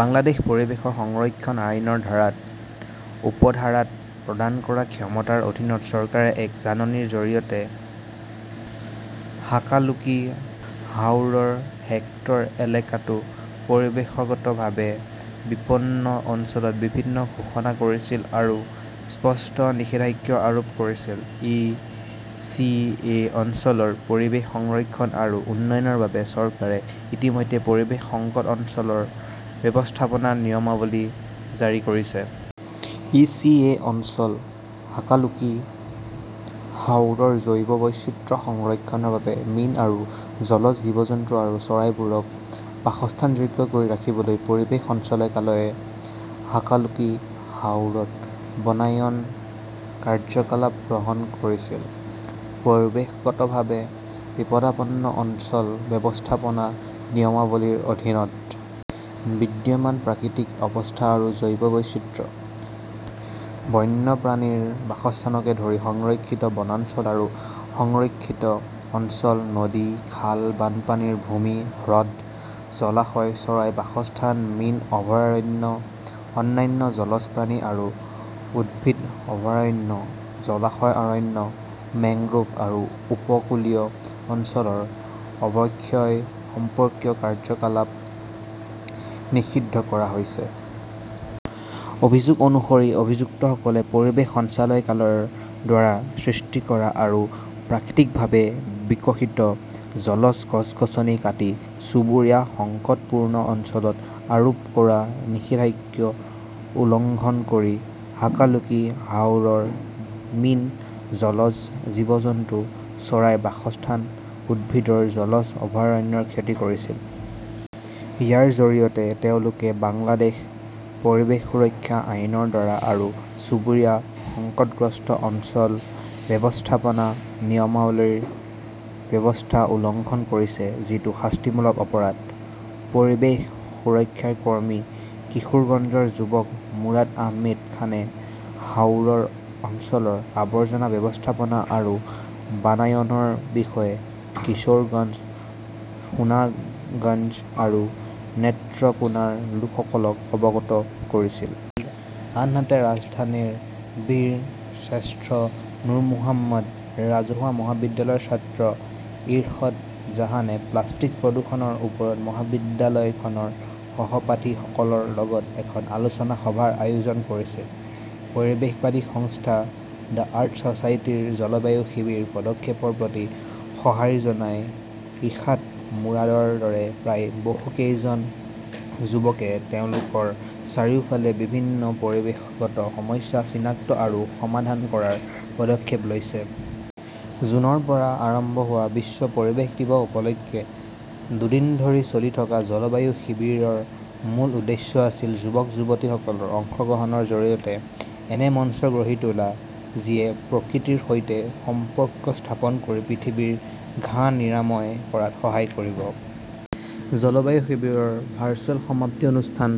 বাংলাদেশ পৰিৱেশ সংৰক্ষণ আইনৰ ধাৰাৰ উপধাৰাত প্ৰদান কৰা ক্ষমতাৰ অধীনত, চৰকাৰে এক জাননীৰ জৰিয়তে হাকালুকি হাওৰৰ হেক্টৰ এলেকাটো পৰিৱেশগতভাৱে বিপন্ন অঞ্চল হিচাপে ঘোষণা কৰিছিল আৰু স্পষ্ট নিষেধাজ্ঞা আৰোপ কৰিছিল। ই. চি. এ. অঞ্চলৰ পৰিৱেশ সংৰক্ষণ আৰু উন্নয়নৰ বাবে চৰকাৰে ইতিমধ্যে পৰিৱেশ সংকট অঞ্চল ব্যৱস্থাপনা নিয়মাৱলী জাৰি কৰিছে। ই. চি. এ. অঞ্চল হাকালুকি হাওৰৰ জৈৱ বৈচিত্ৰ্য সংৰক্ষণৰ বাবে মীন আৰু জলজ জীৱ-জন্তু আৰু চৰাইবোৰক বাসস্থানযোগ্য কৰি ৰাখিবলৈ পৰিৱেশ সঞ্চালকালয়ে হাকালুকি হাওৰত বনায়ন কাৰ্যকলাপ গ্ৰহণ কৰিছিল। পৰিৱেশগতভাৱে বিপদাপন্ন অঞ্চল ব্যৱস্থাপনা নিয়মাৱলীৰ অধীনত বিদ্যমান প্ৰাকৃতিক অৱস্থা আৰু জৈৱ বৈচিত্ৰ্য, বন্য প্ৰাণীৰ বাসস্থানকে ধৰি সংৰক্ষিত বনাঞ্চল আৰু সংৰক্ষিত অঞ্চল, নদী, খাল, বানপানীৰ ভূমি, হ্ৰদ, জলাশয়, চৰাইৰ বাসস্থান, মীন অভয়াৰণ্য, অন্যান্য জলজ প্ৰাণী আৰু উদ্ভিদ অভয়াৰণ্য, জলাশয় অৰণ্য, মেংগ্ৰোভ আৰু উপকূলীয় অঞ্চলৰ অৱক্ষয় সম্পৰ্কীয় কাৰ্যকলাপ নিষিদ্ধ কৰা হৈছে। অভিযোগ অনুসৰি, অভিযুক্তসকলে পৰিৱেশ সঞ্চালকালয়ৰ দ্বাৰা সৃষ্টি কৰা আৰু প্ৰাকৃতিকভাৱে বিকশিত জলজ গছ-গছনি কাটি চুবুৰীয়া সংকটপূৰ্ণ অঞ্চলত আৰোপ কৰা নিষেধাজ্ঞা উলংঘন কৰি হাকালুকি হাওৰৰ মীন, জলজ জীৱ-জন্তু, চৰাইৰ বাসস্থান, উদ্ভিদৰ জলজ অভয়াৰণ্যৰ ক্ষতি কৰিছিল। ইয়াৰ জৰিয়তে তেওঁলোকে বাংলাদেশ পৰিৱেশ সুৰক্ষা আইন'ৰ ধাৰা আৰু চুবুৰীয়া সংকটগ্ৰস্ত অঞ্চল ব্যৱস্থাপনা নিয়মাৱলী'ৰ ব্যৱস্থা উলংঘন কৰিছে, যিটো শাস্তিমূলক অপৰাধ। পৰিৱেশ সুৰক্ষাৰ কৰ্মী কিশোৰগঞ্জৰ যুৱক মুৰাদ আহমেদ খানে হাওৰ অঞ্চলৰ আৱৰ্জনা ব্যৱস্থাপনা আৰু বনায়নৰ বিষয়ে কিশোৰগঞ্জ, সুনামগঞ্জ আৰু নেত্ৰকোনাৰ লোকসকলক অৱগত কৰিছিল। আনহাতে, ৰাজধানীৰ বীৰ শ্ৰেষ্ঠ নুৰ মহম্মদ ৰাজহুৱা মহাবিদ্যালয়ৰ ছাত্ৰ ইশৰত জাহানে প্লাষ্টিক প্ৰদূষণৰ ওপৰত মহাবিদ্যালয়খনৰ সহপাঠীসকলৰ লগত এখন আলোচনা সভাৰ আয়োজন কৰিছিল। পৰিৱেশবাদী সংস্থা "দ্য আৰ্থ ছ'চাইটি"ৰ 'জলবায়ু শিবিৰ' পদক্ষেপৰ প্ৰতি সঁহাৰি জনাই ইশ্ৰাত-মুৰাদৰ দৰে প্ৰায় বহু কেইজন যুৱকে তেওঁলোকৰ চাৰিওফালে বিভিন্ন পৰিৱেশগত সমস্যা চিনাক্ত আৰু সমাধান কৰাৰ পদক্ষেপ লৈছে। জুনৰ পৰা আৰম্ভ হোৱা বিশ্ব পৰিৱেশ দিৱস উপলক্ষে দুদিন ধৰি চলি থকা জলবায়ু শিবিৰৰ মূল উদ্দেশ্য আছিল যুৱক-যুৱতীসকলৰ অংশগ্ৰহণৰ জৰিয়তে এনে মঞ্চ গঢ়ি তোলা যিয়ে প্ৰকৃতিৰ সৈতে সম্পৰ্ক স্থাপন কৰি পৃথিৱীৰ ঘাঁ নিৰাময় কৰাত সহায় কৰিব। জলবায়ু শিবিৰৰ ভাৰ্চুৱেল সমাপ্তি অনুষ্ঠান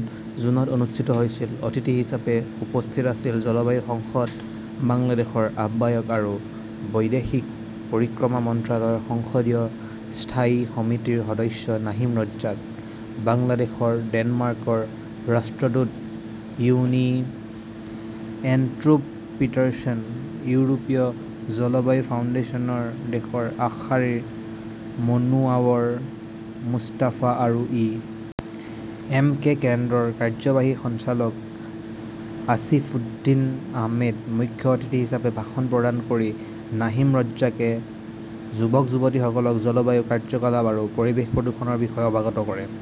জুনত অনুষ্ঠিত হৈছিল। অতিথি হিচাপে উপস্থিত আছিল জলবায়ু সংসদ বাংলাদেশৰ আহ্বায়ক আৰু বৈদেশিক পৰিক্ৰমা মন্ত্ৰালয়ৰ সংসদীয় স্থায়ী সমিতিৰ সদস্য নাহিম ৰজ্জাক, বাংলাদেশৰ ডেনমাৰ্কৰ ৰাষ্ট্ৰদূত উইনি এষ্ট্ৰুপ পিটাৰছন, ইউৰোপীয় জলবায়ু ফাউণ্ডেশ্যনৰ দেশৰ আগশাৰীৰ মনোৱাৰ মুস্তাফা আৰু ই. এম. কে. কেন্দ্ৰৰ কাৰ্যবাহী সঞ্চালক আসিফ উদ্দিন আহমেদ। মুখ্য অতিথি হিচাপে ভাষণ প্ৰদান কৰি নাহিম ৰজ্জাকে যুৱক-যুৱতীসকলক জলবায়ু কাৰ্যকলাপ আৰু পৰিৱেশ প্ৰদূষণৰ বিষয়ে অৱগত কৰে ।